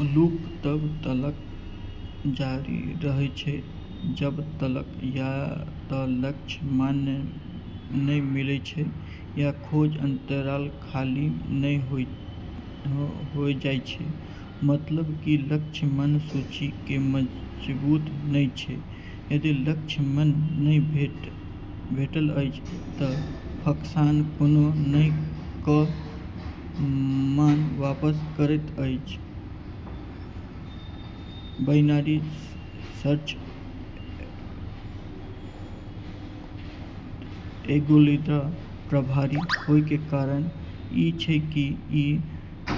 Loop तब तलक जारी रहै छै जब तलक या त लक्ष्य मान नै मिलै छै या खोज अंतराल खाली नै होय जाय छै, मतलब कि लक्ष्य मान सूची मे मौजूद नै छै। यदि लक्ष्य मान नहि भेटल अछि, त फंक्शन कोनो नहि क' मान वापस करैत अछि, बाइनरी सर्च एल्गोरिदम प्रभावी होय के कारण ई छै कि ई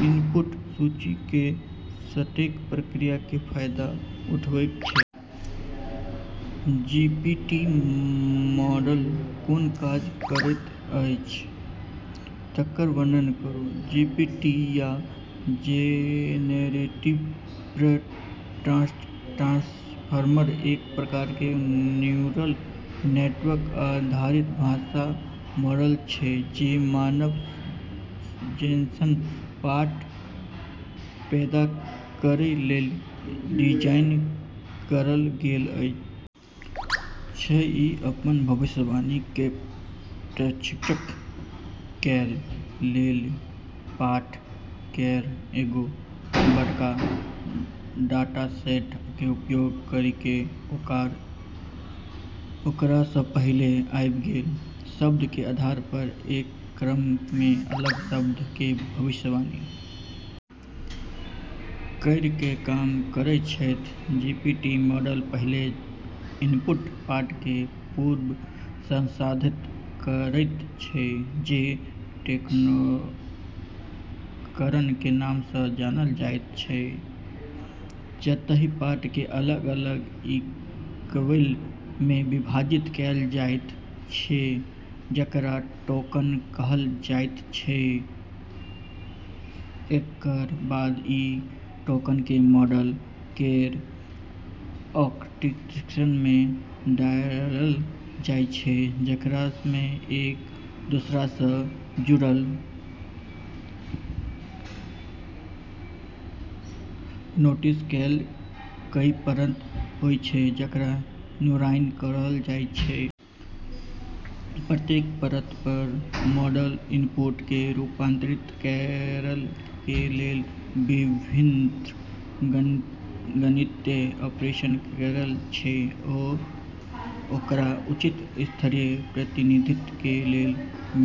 इनपुट सूची केरऽ सॉर्टेड प्रकृति के फायदा उठाबै छै। जीपीटी मॉडल कोना काज करैत अछि तकर वर्णन करू, जीपीटी या जेनेरेटिव प्री-ट्रेन्ड ट्रांसफार्मर एक प्रकार के न्यूरल नेटवर्क आधारित भाषा मॉडल छै जे मानव जैसनऽ पाठ पैदा करै लेली डिजाइन करलऽ गेलऽ छै, ई अपनऽ भविष्यवाणी के प्रशिक्षित करै लेली पाठ केरऽ एगो बड़ऽ डाटासेट के उपयोग करी के ओकरा से पहले आबी गेलऽ शब्दऽ के आधार पे एक क्रम मे अगला शब्द के भविष्यवाणी करी के काम करै छै, जीपीटी मॉडल पहिने इनपुट पाठ कें पूर्व-संसाधित करयत छै जे टोकनीकरण कें नाम सं जानल जायत छै, जतय पाठ कें अलग-अलग इकाइयक मे विभाजित कैल जायत छै जेकरा टोकन कहल जायत छै, एकरऽ बाद ई टोकन के मॉडल केरऽ आर्किटेक्चर मे डाललऽ जाय छै जेकरा मे एक दोसरा से जुड़लऽ नोड्स केरऽ कई परत होय छै जेकरा न्यूरॉन कहलऽ जाय छै। प्रत्येक परत पर मॉडल इनपुट कें रूपांतरित करय कें लेल विभिन्न गणितीय ऑपरेशन करय छै आ ओकरा उच्च स्तरीय प्रतिनिधित्व कें लेल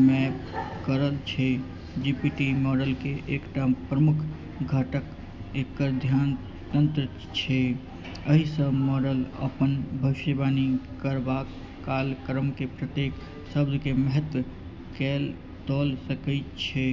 मैप करय छै, जीपीटी मॉडल कें एकटा प्रमुख घटक एकर ध्यान तंत्र छै, एहि स मॉडल अपन भविष्यवाणी करबा काल क्रम मे प्रत्येक शब्द क महत्व कए तौल सकैत अछि।